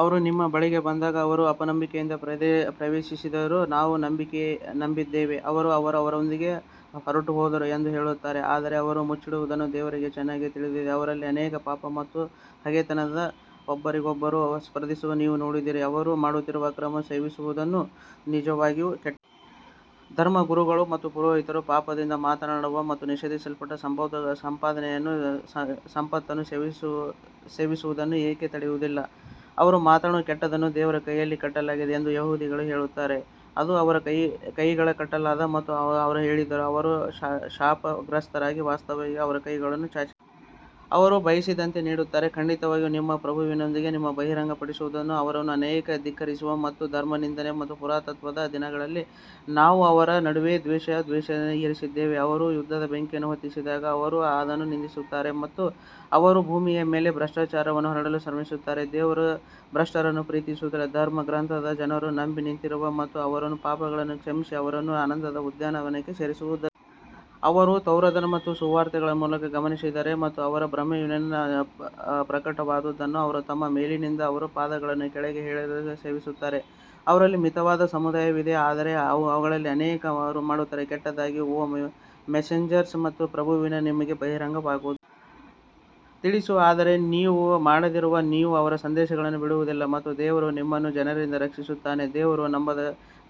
ಅವರು ನಿಮ್ಮ ಬಳಿಗೆ ಬಂದಾಗ ಅವರು ಅಪನಂಬಿಕೆಯೊಂದಿಗೆ ಪ್ರವೇಶಿಸಿದ್ದರೂ ನಾವು ನಂಬಿದ್ದೇವೆ ಮತ್ತು ಅವರು ಅದರೊಂದಿಗೆ ಹೊರಟುಹೋದರು ಎಂದು ಹೇಳುತ್ತಾರೆ ಆದರೆ ಅವರು ಮುಚ್ಚಿಡುವುದನ್ನು ದೇವರಿಗೆ ಚೆನ್ನಾಗಿ ತಿಳಿದಿದೆ. ಅವರಲ್ಲಿ ಅನೇಕರು ಪಾಪ ಮತ್ತು ಹಗೆತನದಲ್ಲಿ ಒಬ್ಬರಿಗೊಬ್ಬರು ಸ್ಪರ್ಧಿಸುವುದನ್ನು ನೀವು ನೋಡುತ್ತೀರಿ ಮತ್ತು ಅವರು ಮಾಡುತ್ತಿರುವ ಅಕ್ರಮವನ್ನು ಸೇವಿಸುವುದು ನಿಜವಾಗಿಯೂ ಕೆಟ್ಟದು. ಧರ್ಮಗುರುಗಳು ಮತ್ತು ಪುರೋಹಿತರು ಪಾಪದಿಂದ ಮಾತನಾಡುವುದನ್ನು ಮತ್ತು ನಿಷೇಧಿತ ಸಂಪತ್ತನ್ನು ಸೇವಿಸುವುದನ್ನು ಏಕೆ ತಡೆಯುವುದಿಲ್ಲ, ಅವರು ಮಾಡುತ್ತಿರುವುದು ಕೆಟ್ಟದ್ದನ್ನು ದೇವರ ಕೈಯನ್ನು ಕಟ್ಟಲಾಗಿದೆ ಎಂದು ಯಹೂದಿಗಳು ಹೇಳುತ್ತಾರೆ, ಅದು ಅವರ ಕೈಗಳನ್ನು ಕಟ್ಟಲಾಗಿದೆ ಮತ್ತು ಅವರು ಹೇಳಿದ್ದಕ್ಕಾಗಿ ಅವರು ಶಾಪಗ್ರಸ್ತರಾಗಿದ್ದಾರೆ ವಾಸ್ತವವಾಗಿ ಅವನ ಕೈಗಳನ್ನು ಚಾಚಿದ್ದಾರೆ ಅವನು ಬಯಸಿದಂತೆ ನೀಡುತ್ತಾನೆ, ಖಂಡಿತವಾಗಿಯೂ ನಿಮ್ಮ ಪ್ರಭುವಿನಿಂದ ನಿಮಗೆ ಬಹಿರಂಗವಾದದ್ದು ಅವರಲ್ಲಿ ಅನೇಕರನ್ನು ಧಿಕ್ಕರಿಸುತ್ತದೆ ಮತ್ತು ಧರ್ಮನಿಂದನೆ ಮತ್ತು ಪುನರುತ್ಥಾನದ ದಿನದವರೆಗೆ ನಾವು ಅವರ ನಡುವೆ ದ್ವೇಷ ಮತ್ತು ದ್ವೇಷವನ್ನು ಇರಿಸಿದ್ದೇವೆ ಅವರು ಯುದ್ಧದ ಬೆಂಕಿಯನ್ನು ಹೊತ್ತಿಸಿದಾಗ ದೇವರು ಅದನ್ನು ನಂದಿಸುತ್ತಾನೆ ಮತ್ತು ಅವರು ಭೂಮಿಯ ಮೇಲೆ ಭ್ರಷ್ಟಾಚಾರವನ್ನು ಹರಡಲು ಶ್ರಮಿಸುತ್ತಾರೆ ದೇವರು ಭ್ರಷ್ಟರನ್ನು ಪ್ರೀತಿಸುವುದಿಲ್ಲ ಧರ್ಮಗ್ರಂಥದ ಜನರು ನಂಬಿ ನೀತಿವಂತರಾಗಿದ್ದರೆ ನಾವು ಅವರ ಪಾಪಗಳನ್ನು ಕ್ಷಮಿಸಿ ಅವರನ್ನು ಆನಂದದ ಉದ್ಯಾನವನಕ್ಕೆ ಸೇರಿಸುತ್ತಿದ್ದೆವು. ಅವರು ತೌರಾತ್ ಮತ್ತು ಸುವಾರ್ತೆಯನ್ನು ಗಮನಿಸಿದ್ದರೆ ಮತ್ತು ಅವರ ಪ್ರಭುವಿನಿಂದ ಅವರಿಗೆ ಪ್ರಕಟವಾದದ್ದನ್ನು ಅವರು ತಮ್ಮ ಮೇಲಿನಿಂದ ಮತ್ತು ಅವರ ಪಾದಗಳ ಕೆಳಗೆ ಹೇರಳವಾಗಿ ಸೇವಿಸುತ್ತಿದ್ದರು ಅವರಲ್ಲಿ ಮಿತವಾದ ಸಮುದಾಯವಿದೆ ಆದರೆ ಅವರಲ್ಲಿ ಅನೇಕರು ಮಾಡುತ್ತಿರುವುದು ಕೆಟ್ಟದ್ದಾಗಿರುತ್ತದೆ. ಓ ಮೆಸೆಂಜರ್, ನಿಮ್ಮ ಪ್ರಭುವಿನಿಂದ ನಿಮಗೆ ಬಹಿರಂಗವಾದದ್ದನ್ನು ತಿಳಿಸು ಆದರೆ ನೀವು ಮಾಡದಿದ್ದರೆ ನೀವು ಅವರ ಸಂದೇಶವನ್ನು ನೀಡುವುದಿಲ್ಲ ಮತ್ತು ದೇವರು ನಿಮ್ಮನ್ನು ಜನರಿಂದ ರಕ್ಷಿಸುತ್ತಾನೆ, ದೇವರು ನಂಬದ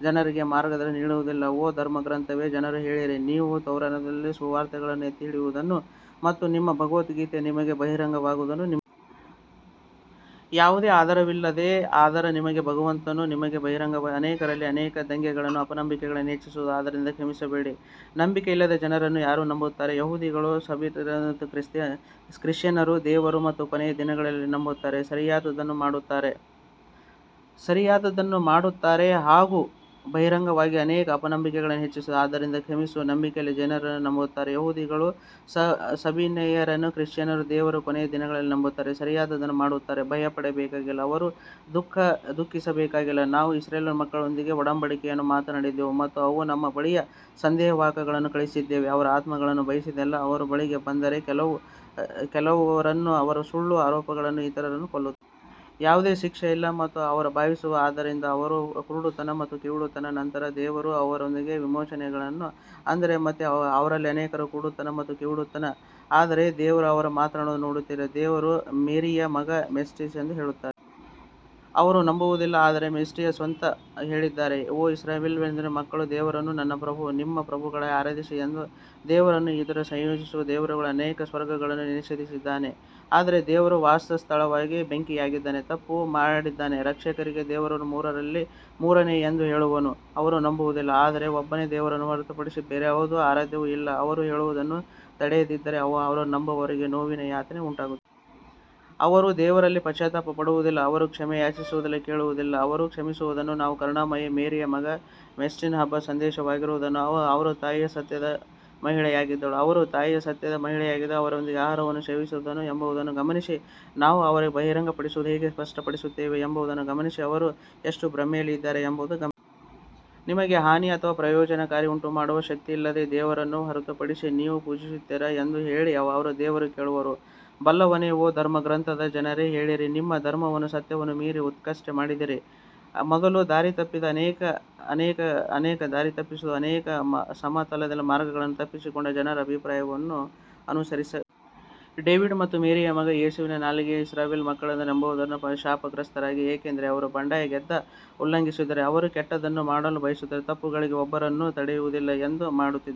ಜನರಿಗೆ ಮಾರ್ಗದರ್ಶನ ನೀಡುವುದಿಲ್ಲ ಓ ಧರ್ಮಗ್ರಂಥದ ಜನರೇ ಹೇಳಿರಿ, ನೀವು ತೌರಾತ್ ಮತ್ತು ಸುವಾರ್ತೆಯನ್ನು ಎತ್ತಿಹಿಡಿಯುವವರೆಗೆ ಮತ್ತು ನಿಮ್ಮ ಭಗವಂತನಿಂದ ನಿಮಗೆ ಬಹಿರಂಗವಾಗುವವರೆಗೆ ನಿಮಗೆ ಯಾವುದೇ ಆಧಾರವಿಲ್ಲ ಆದರೆ ನಿಮ್ಮ ಭಗವಂತನಿಂದ ನಿಮಗೆ ಬಹಿರಂಗವಾದದ್ದು ಅವರಲ್ಲಿ ಅನೇಕರನ್ನು ದಂಗೆ ಮತ್ತು ಅಪನಂಬಿಕೆಯನ್ನು ಹೆಚ್ಚಿಸುತ್ತದೆ ಆದ್ದರಿಂದ ಕ್ಷಮಿಸಬೇಡಿ ನಂಬಿಕೆಯಿಲ್ಲದ ಜನರಿಗೆ ಯಾರು ನಂಬುತ್ತಾರೆ ಮತ್ತು ಯಹೂದಿಗಳು ಮತ್ತು ಸಬಿಯನ್ನರು ಮತ್ತು ಕ್ರಿಶ್ಚಿಯನ್ನರು ದೇವರು ಮತ್ತು ಕೊನೆಯ ದಿನವನ್ನು ನಂಬುತ್ತಾರೆ ಮತ್ತು ಸರಿಯಾದದ್ದನ್ನು ಮಾಡುತ್ತಾರೆ, ಅವರು ಭಯಪಡಬೇಕಾಗಿಲ್ಲ ಅಥವಾ ಅವರು ದುಃಖಿಸಬೇಕಾಗಿಲ್ಲ ನಾವು ಇಸ್ರಾಯೇಲ್ ಮಕ್ಕಳೊಂದಿಗೆ ಒಡಂಬಡಿಕೆಯನ್ನು ಮಾಡಿಕೊಂಡೆವು ಮತ್ತು ನಾವು ಅವರ ಬಳಿಗೆ ಸಂದೇಶವಾಹಕರನ್ನು ಕಳುಹಿಸಿದ್ದೇವೆ ಮತ್ತು ಅವರ ಆತ್ಮಗಳು ಬಯಸದಿದ್ದನ್ನು ಅವರ ಬಳಿಗೆ ಬಂದರೆ, ಅವರಲ್ಲಿ ಕೆಲವರನ್ನು ಅವರು ಸುಳ್ಳು ಆರೋಪಿಸಿದರು ಮತ್ತು ಇತರರನ್ನು ಕೊಲ್ಲುತ್ತಾರೆ. ಯಾವುದೇ ಶಿಕ್ಷೆ ಇಲ್ಲ ಎಂದು ಅವರು ಭಾವಿಸಿದರು ಆದ್ದರಿಂದ ಅವರು ಕುರುಡರು ಮತ್ತು ಕಿವುಡರಾದರು ನಂತರ ದೇವರು ಅವರನ್ನು ವಿಮೋಚಿಸಿದನು ಆದರೆ ಮತ್ತೆ ಅವರಲ್ಲಿ ಅನೇಕರು ಕುರುಡರು ಮತ್ತು ಕಿವುಡರಾದರು ಆದರೆ ದೇವರು ಅವರು ಮಾಡುತ್ತಿರುವುದನ್ನು ನೋಡುತ್ತಿದ್ದಾರೆ ದೇವರು ಮೇರಿಯ ಮಗ ಮೆಸ್ಸಿಹ್ ಎಂದು ಹೇಳುವವರನ್ನು ಅವರು ನಂಬುವುದಿಲ್ಲ ಆದರೆ ಮೆಸ್ಸಿಹ್ ಸ್ವತಃ ಹೇಳಿದ್ದಾನೆ ಓ ಇಸ್ರಾಯೇಲ್ ಮಕ್ಕಳೇ ದೇವರನ್ನು ನನ್ನ ಪ್ರಭು ಮತ್ತು ನಿಮ್ಮ ಪ್ರಭುವನ್ನು ಆರಾಧಿಸಿ ಎಂದು ದೇವರೊಂದಿಗೆ ಇತರರನ್ನು ಸಂಯೋಜಿಸುವ ದೇವರು ಅವನಿಗೆ ಸ್ವರ್ಗವನ್ನು ನಿಷೇಧಿಸಿದ್ದಾನೆ ಮತ್ತು ಅವನ ವಾಸಸ್ಥಾನವು ಬೆಂಕಿಯಾಗಿದೆ ತಪ್ಪು ಮಾಡಿದವರಿಗೆ ರಕ್ಷಕರಿಲ್ಲ ದೇವರು ಮೂವರಲ್ಲಿ ಮೂರನೆಯವನು ಎಂದು ಹೇಳುವವರನ್ನು ಅವರು ನಂಬುವುದಿಲ್ಲ ಆದರೆ ಒಬ್ಬನೇ ದೇವರನ್ನು ಹೊರತುಪಡಿಸಿ ಬೇರಾವ ಆರಾಧ್ಯನೂ ಇಲ್ಲ, ಅವರು ಹೇಳುವುದನ್ನು ತಡೆಯದಿದ್ದರೆ ಅವರಲ್ಲಿ ನಂಬದವರಿಗೆ ನೋವಿನ ಯಾತನೆ ಉಂಟಾಗುತ್ತದೆ. ಅವರು ದೇವರಲ್ಲಿ ಪಶ್ಚಾತ್ತಾಪ ಪಡುವುದಿಲ್ಲ ಮತ್ತು ಅವನ ಕ್ಷಮೆಯನ್ನು ಕೇಳುವುದಿಲ್ಲವೇ ದೇವರು ಕ್ಷಮಿಸುವ ಮತ್ತು ಕರುಣಾಮಯಿ ಮೇರಿಯ ಮಗ ಮೆಸ್ಸಿಹ್ ಒಬ್ಬ ಸಂದೇಶವಾಹಕನಾಗಿದ್ದನು ಮತ್ತು ಅವನ ತಾಯಿಯು ಸತ್ಯದ ಮಹಿಳೆಯಾಗಿದ್ದರು ಮತ್ತು ಅವರ ತಾಯಿಯು ಸತ್ಯದ ಮಹಿಳೆಯಾಗಿದ್ದರು ಅವರಿಬ್ಬರೂ ಆಹಾರವನ್ನು ಸೇವಿಸುತ್ತಿದ್ದರು ಎಂಬುದನ್ನು ಗಮನಿಸಿ ನಾವು ಅವರಿಗೆ ಬಹಿರಂಗಗಳನ್ನು ಹೇಗೆ ಸ್ಪಷ್ಟಪಡಿಸುತ್ತೇವೆ ಎಂಬುದನ್ನು ಗಮನಿಸಿ ಅವರು ಎಷ್ಟು ಭ್ರಮೆಯಲ್ಲಿದ್ದಾರೆ ಎಂಬುದನ್ನು ಗಮನಿಸಿ. ನಿಮಗೆ ಹಾನಿ ಅಥವಾ ಪ್ರಯೋಜನವನ್ನುಂಟುಮಾಡಲು ಶಕ್ತಿಯಿಲ್ಲದ ದೇವರನ್ನು ಹೊರತುಪಡಿಸಿ ನೀವು ಪೂಜಿಸುತ್ತೀರಾ ಎಂದು ಹೇಳಿ ಆದರೆ ದೇವರು ಕೇಳುವವನು ಬಲ್ಲವನು ಓ ಧರ್ಮಗ್ರಂಥದ ಜನರೇ ಹೇಳಿರಿ, ನಿಮ್ಮ ಧರ್ಮದಲ್ಲಿ ಸತ್ಯವನ್ನು ಮೀರಿ ಉತ್ಪ್ರೇಕ್ಷೆ ಮಾಡಬೇಡಿ ಮತ್ತು ಮೊದಲು ದಾರಿತಪ್ಪಿದ ಮತ್ತು ಅನೇಕರನ್ನು ದಾರಿತಪ್ಪಿಸಿದ ಮತ್ತು ಅವರೇ ಸಮತೋಲಿತ ಮಾರ್ಗವನ್ನು ತಪ್ಪಿಸಿಕೊಂಡ ಜನರ ಅಭಿಪ್ರಾಯಗಳನ್ನು ಅನುಸರಿಸಬೇಡಿ. ಡೇವಿಡ್ ಮತ್ತು ಮೇರಿಯ ಮಗ ಯೇಸುವಿನ ನಾಲಿಗೆಯಿಂದ ಇಸ್ರಾಯೇಲ್ ಮಕ್ಕಳಿಂದ ನಂಬದವರಿಗೆ ಶಾಪಗ್ರಸ್ತರು, ಏಕೆಂದರೆ ಅವರು ಬಂಡಾಯವೆದ್ದರು ಮತ್ತು ಉಲ್ಲಂಘಿಸುತ್ತಿದ್ದರು ಅವರು ಕೆಟ್ಟದ್ದನ್ನು ಮಾಡಲು ಬಳಸುತ್ತಿದ್ದ ತಪ್ಪುಗಳಿಂದ ಒಬ್ಬರನ್ನೊಬ್ಬರು ತಡೆಯುವುದಿಲ್ಲ, ಅವರು ಮಾಡುತ್ತಿದ್ದರು.